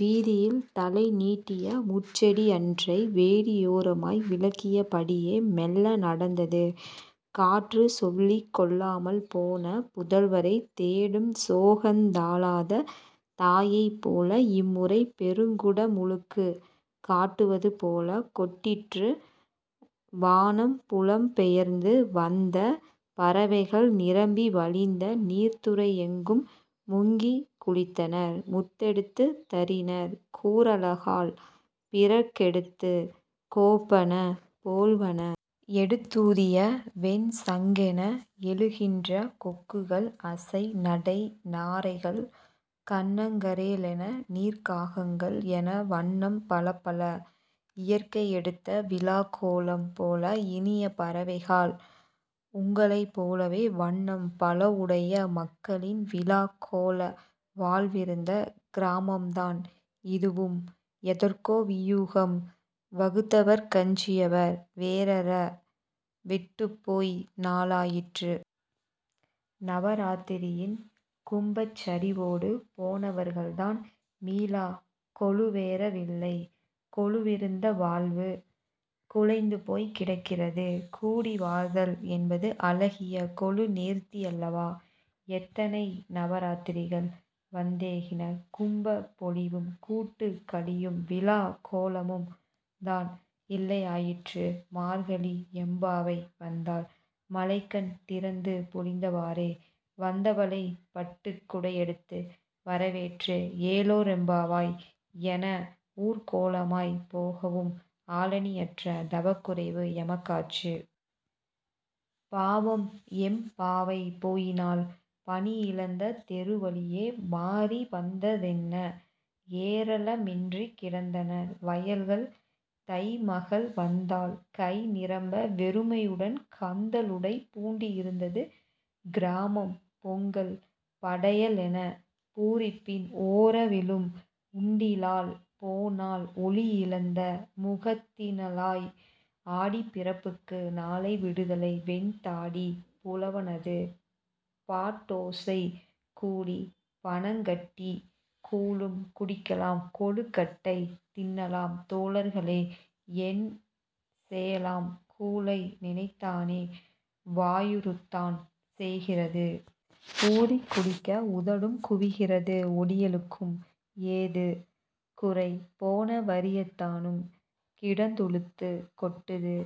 வீதியில் தலைநீட்டிய முட்செடியன்றை வேலியோரமாய் விலக்கியபடியே। மெல்ல நடந்தது காற்று சொல்லிக் கொள்ளாமல் போன புதல்வரைத் தேடும் சோகந் தாளாத தாயைப் போல. இம்முறை பெருங்குடமுழுக்குக் காட்டுவது போல கொட்டிற்று வானம் புலம் பெயர்ந்து வந்த பறவைகள் நிரம்பி வழிந்த நீர்த்துறையெங்கும் முங்கிக் குளித்தன; முத்தெடுத்துதறின கூரலகால் பிறகெடுத்துக் கோப்பன போல்வன. எடுத்தூதிய வெண்சங்கென எழுகின்ற கொக்குகள் அசை நடை நாரைகள், கன்னங்கரேலென நீர்க்காகங்கள் என வண்ணம் பலப்பல- இயற்கையெடுத்த விழாக் கோலம் போல. இனிய பறவைகாள் உங்களைப் போலவே வண்ணம் பலவுடைய மக்களின் விழாக் கோல வாழ்விருந்த கிராமம்தான் இதுவும். எதற்கோ வியூகம் வகுத்தவர்க்கஞ்சியவர் வேரற விட்டுப் போய் நாளாயிற்று. நவராத்திரியின் கும்பச்சரிவோடு போனவர்கள்தான் மீளக் கொலுவேறவில்லை கொலுவிருந்த வாழ்வு குலைந்து போய்க் கிடக்கிறது. கூடி வாழ்தல் என்பது அழகிய கொலுநேர்த்தியல்லவா? எத்தனை நவராத்திரிகள் வந்தேகின. கும்பப் பொலிவும், கூட்டுக்களியும், விழாக் கோலமும்தான் இல்லையாயிற்று. மார்கழி எம்பாவை வந்தாள் மழைக்கண் திறந்து பொழிந்தவாறே. வந்தவளை பட்டுக் குடையெடுத்து வரவேற்று "ஏலோரெம்பாவாய்"என ஊர்கோலமாய்ப் போகவும் ஆளணியற்ற தவக்குறைவு எமக்காச்சு. பாவம் எம் பாவை போயினாள் பண்ணிழந்த தெருவழியே. மாரி வந்ததென்ன? ஏரழகின்றிக் கிடந்தன வயல்கள் தை மகள் வந்தாள். கைநிரம்ப வெறுமையுடன் கந்தலுடை பூண்டிருந்தது கிராமம். பொங்கல், படையலென பூரிப்பின் ஓரவிழும் உண்டிலள் போனாள் ஒளியிழந்த முகத்தினளாய். "ஆடிப்பிறப்புக்கு நாளை விடுதலை" வெண்தாடிப் புலவனது பாட்டோசை "கூடிப் பனங்கட்டிக் கூழும் குடிக்கலாம் கொழுக்கட்டை தின்னலாம் தோழர்களே" என் செயலாம் கூழை நினைத்தானே வாயூறத்தான் செய்கிறது. ஊதிக் குடிக்க உதடும் குவிகிறது. ஒடியலுக்கும் ஏது குறை? போனவரியத்தானும் கிடந்துளுத்துக் கொட்டுது.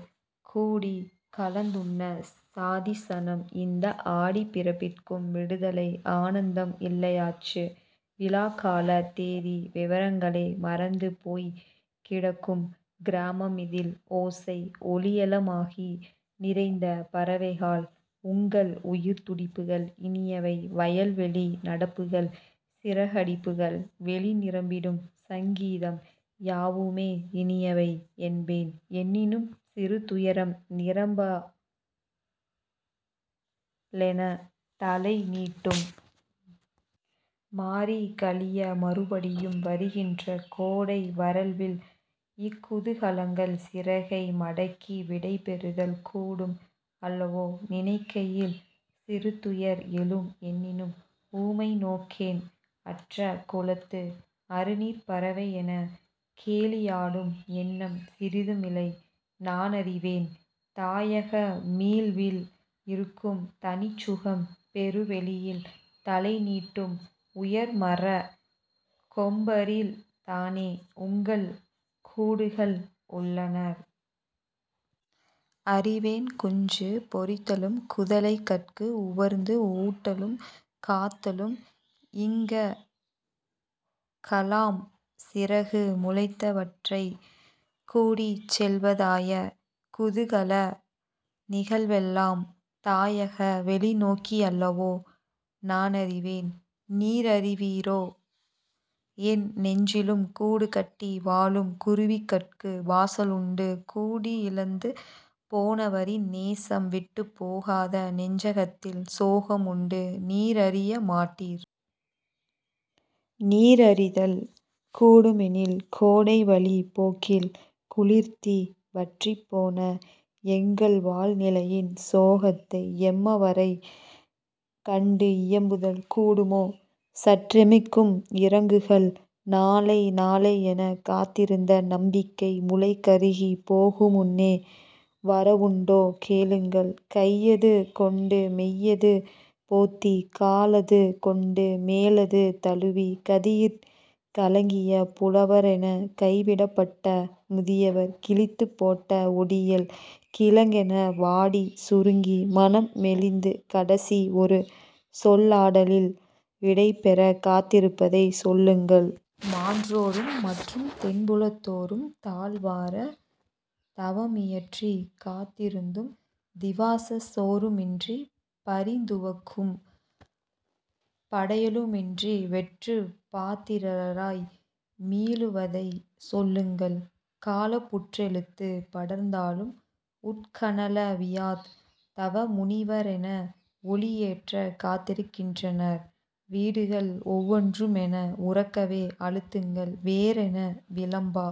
கூடிக்கலந்துண்ணச் சாதிசனம்? இந்த ஆடிப் பிறப்பிற்கும் விடுதலை ஆனந்தம் இல்லையாச்சு. விழாக்காலத் தேதி விவரங்களே மறந்து போய்க் கிடக்கும் கிராமமிதில் ஓசை, ஒலியெலாமாகி நிறைந்த பறவைகாள் உங்கள் உயிர்த்துடிப்புகள் இனியவை. வயல்வெளி நடப்புகள், சிறகடிப்புகள், வெளிநிரம்பிடும் சங்கீதம், யாவுமே இனியவை என்பேன் எனினும் சிறு துயரம் நீராம்பலெனத் தலைநீட்டும். மாரிகழிய மறுபடியும் வருகின்ற கோடை வறள்வில் இக் குதூகலங்கள் சிறகை மடக்கி விடைபெறுதல் கூடும் அல்லவோ, நினைகையில் சிறுதுயர் எழும் எனினும் உமை நோகேன் அற்ற குளத்து அறுநீர்ப்பறவையென கேலியாடும் எண்ணம் சிறிதுமிலை. நானறிவேன் தாயக மீள்வில் இருக்கும் தனிச்சுகம். பெரு வெளியில் தலைநீட்டும் உயர்மரக் கொம்பரில்தானே உங்கள் கூடுகள் உள்ளன. அறிவேன் குஞ்சு பொரித்தலும், குதலைகட்கு உவந்து ஊட்டலும், காத்தலும், இங்காகலாம் சிறகு முளைத்தவற்றை கூட்டிச்செல்வதாய குதூகல நிகழ்வெலாம் தாயக வெளிநோக்கியல்லவோ நானறிவேன் நீரறிவீரோ என் நெஞ்சிலும் கூடு கட்டி வாழும் குருவிகட்கு வாசலுண்டு கூடிழந்து போனவரின் நேசம் விட்டுப் போகாத நெஞ்சகத்தில் சோகமுண்டு நீரறிய மாட்டீர். நீரறிதல் கூடுமெனில் கோடைவழிப் போக்கில் குளிர்த்தி வற்றிப்போன எங்கள் வாழ்நிலையின் சோகத்தை எம்மவரைக் கண்டு இயம்புதல் கூடுமோ? சற்றெமக்கு இரங்குங்கள் நாளை நாளையெனக் காத்திருந்த நம்பிக்கை முளைகருகிப் போகுமுன்னே வரவுண்டோ கேளுங்கள். "கையது கொண்டு மெய்யது பொத்தி காலது கொண்டு மேலது தழுவிக்" கதியிற் கலங்கிய புலவரென கைவிடப்பட்ட முதியவர் கிழித்துப் போட்ட ஒடியல் கிழங்கென வாடிச் சுருங்கி மனம் மெலிந்து கடைசி ஒரு சொல்லாடலில் விடைபெறக் காத்திருப்பதை சொல்லுங்கள். மாண்டோரும் மற்றும் தென்புலத்தோரும் தாழ்வாரத் தவமியற்றிக் காத்திருந்தும் திவாவசச் சோறுமின்றி, பரிந்துவக்கும் படையலுமின்றி வெற்றுப் பாத்திரராய் மீளுவதைச் சொல்லுங்கள் காலப்புற்றெழுந்து படர்ந்தாலும் உட்கனலவியாத் தவ முனிவரென ஒளியேற்றக் காத்திருக்கின்றன வீடுகள் ஒவ்வொன்றுமென உரக்கவே அழுத்துங்கள். வேறென்ன விளம்ப